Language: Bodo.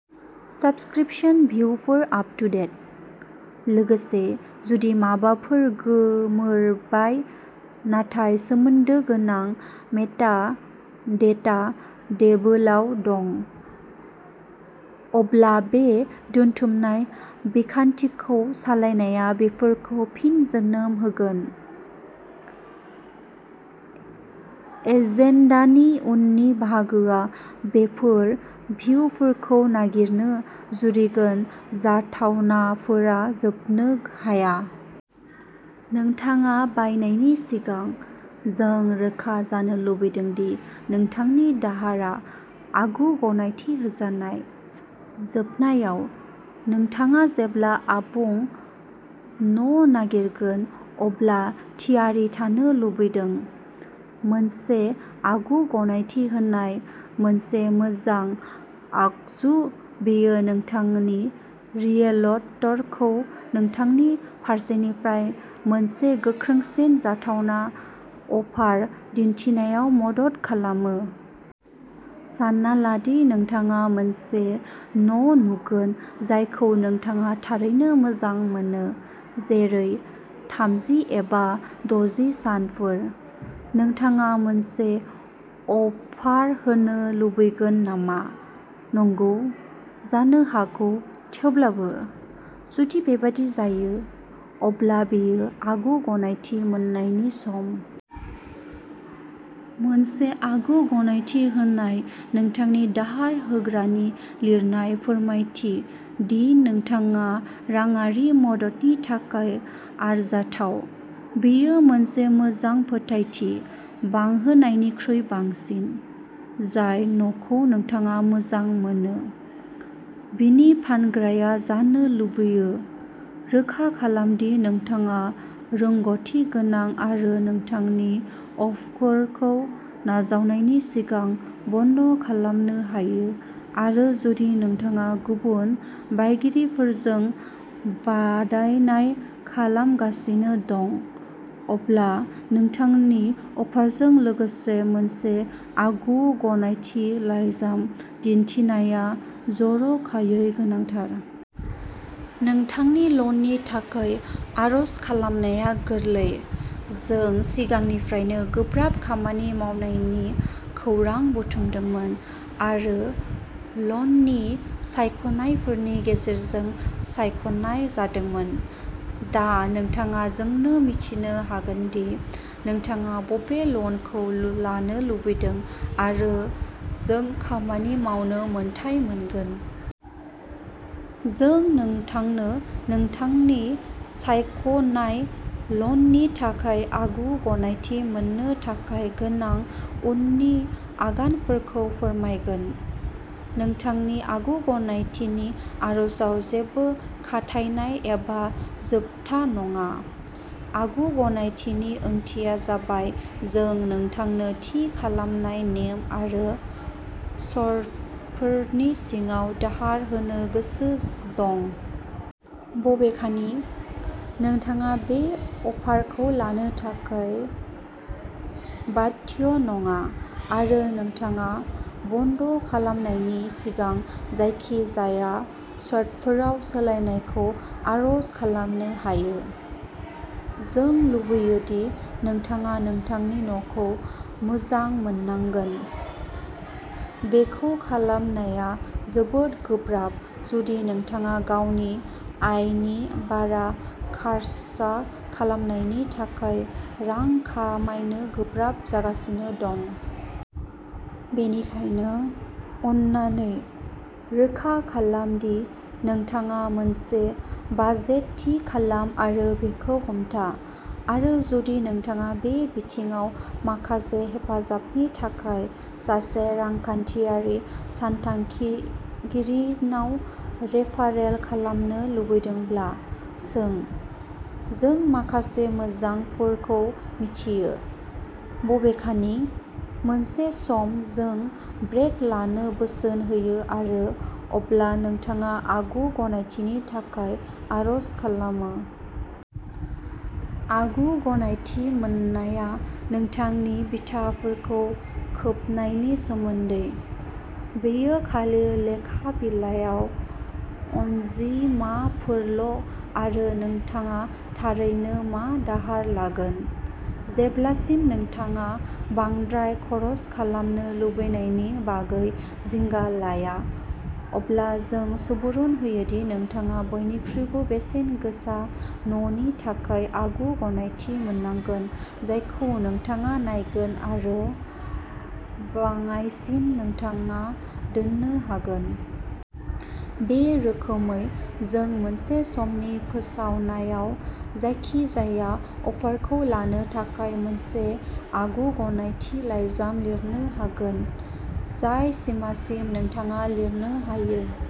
साब्सक्रिपशन भिउफोरा आप टु डेट। लोगोसे जुदि माबाफोर गोमोरबाय नाथाय सोमोन्दो गोनां मेटा डेटा टेबोलाव दं। अब्ला बे दोनथुमनाय बिखान्थिखौ सालायनाया बेफोरखौ फिन जोनोम होगोन। एजेन्डानि उननि बाहागोआ बेफोर भिउफोरखौ नागिरनो जुरिगोन जाथावनाफोरा जोबनो हाया। नोंथाङा बायनायनि सिगां, जों रोखा जानो लुबैदों दि नोंथांनि दाहारआ आगु गनायथि होजानाय। जोबनायाव, नोंथाङा जेब्ला आबुं न'नागिरगोन अब्ला थियारि थानो लुबैदों। मोनसे आगु-गनायथि होनाया मोनसे मोजां आगजु बेयो नोंथांनि रियेलट'रखौ नोंथांनि फारसेनिफ्राय मोनसे गोख्रोंसिन जाथावना अफार दिनथिनायाव मदद खालामो। सानना ला दि नोंथाङा मोनसे न' नुगोन जायखौ नोंथाङा थारैनो मोजां मोनो, जेरै, थामजि एबा द'जि सानफोर। नोंथाङा मोनसे अफार होनो लुबैगोन नामा? नंगौ? जानो हागौ, थेवब्लाबो? जुदि बेबादि जायो, अब्ला बेयो आगु गनायथि मोननायनि सम। मोनसे आगु गनायथि होनाया नोंथांनि दाहार होग्रानि लिरनाय फोरमायथि दि नोंथाङा राङारि मददनि थाखाय आरजाथाव। बेयो मोनसे मोजां फोथायथि बांहोनायनिख्रुइ बांसिन। जाय न'खौ नोंथाङा मोजां मोनो, बिनि फानग्राया जानो लुबैयो। रोखा खालाम दि नोंथाङा रोंग'थि गोनां आरो नोंथांनि अफारखौ नाजावनायनि सिगां बन्द' खालामनो हायो आरो जुदि नोंथाङा गुबुन बायगिरिफोरजों बादायनाय खालामगासिनो दं, अब्ला नोंथांनि अफारजों लोगोसे मोनसे आगु गनायथि लाइजाम दिन्थिनाया जर'खायै गोनांथार। नोंथांनि लननि थाखाय आर'ज खालामनाया गोरलै। जों सिगांनिफ्रायनो गोब्राब खामानि मावनायनि खौरां बुथुमदोंमोन आरो ल'ननि सायख'नायफोरनि गेजेरजों सायख'नाय जादोंमोन। दा नोंथाङा जोंनो मिथिनो हागोन दि नोंथाङा बबे ल'नखौ लानो लुबैदों आरो जों खामानि मावनो मोन्थाइ मोनगोन। जों नोंथांनो नोंथांनि सायख'नाय ल'ननि थाखाय आगु गनायथि मोननो थाखाय गोनां उननि आगानफोरखौ फोरमायगोन। नोंथांनि आगु गनायथिनि आर'जआव जेबोबो खाथायनाय एबा जोबथा नङा। आगु गनायथिनि ओंथिया जाबाय जों नोंथांनो थि खालामनाय नेम आरो सर्तफोरनि सिङाव दाहार होनो गोसो दं। बबेखानि, नोंथाङा बे अफारखौ लानो थाखाय बाध्य नङा आरो नोंथाङा बन्द' खालामनायनि सिगां जायखिजाया सर्तफोराव सोलायनायखौ आर'ज खालामनो हायो। जों लुबैयो दि नोंथाङा नोंथांनि न'खौ मोजां मोननांगोन। बेखौ खालामनाया जोबोद गोब्राब जुदि नोंथाङा गावनि आयनि बारा खर्सा खालामनायनि थाखाय रां खामायनो गोब्राब जागासिनो दं। बेनिखायनो, अन्नानै, रोखा खालाम दि नोंथाङा मोनसे बाजेट थि खालाम आरो बेखौ हमथा आरो जुदि नोंथाङा बे बिथिङाव माखासे हेफाजाबनि थाखाय सासे रांखान्थियारि सानथांखिगिरिनाव रेफारेल खालामनो लुबैदोंब्ला, सों। जों माखासे मोजांफोरखौ मिथियो। बबेखानि, मोनसे सम जों ब्रेक लानो बोसोन होयो आरो अब्ला नोंथाङा आगु गनायथिनि थाखाय आर'ज खालामो। आगु गनायथि मोननाया नोंथांनि बिथाफोरखौ खोबनायनि सोमोन्दै। बेयो खालि लेखा बिलायाव अनजिमाफोरल' आरो नोंथाङा थारैनो मा दाहार लागोन। जेब्लासिम नोंथाङा बांद्राय खर्सा खालामनो लुबैनायनि बागै जिंगा लाया, अब्ला जों सुबुरुन होयो दि नोंथाङा बयनिख्रुइबो बेसेनगोसा न'नि थाखाय आगु गनायथि मोननांगोन जायखौ नोंथाङा नायगोन आरो बाङाइसिन नोंथाङा दोन्नो सानगोन। बे रोखोमै, जों मोनसे समनि फोसावनायाव, जायखिजाया अफारखौ लानो थाखाय मोनसे आगु गनायथि लाइजाम लिरनो हागोन, जाय सिमासिम नोंथाङा लिरनो हायो।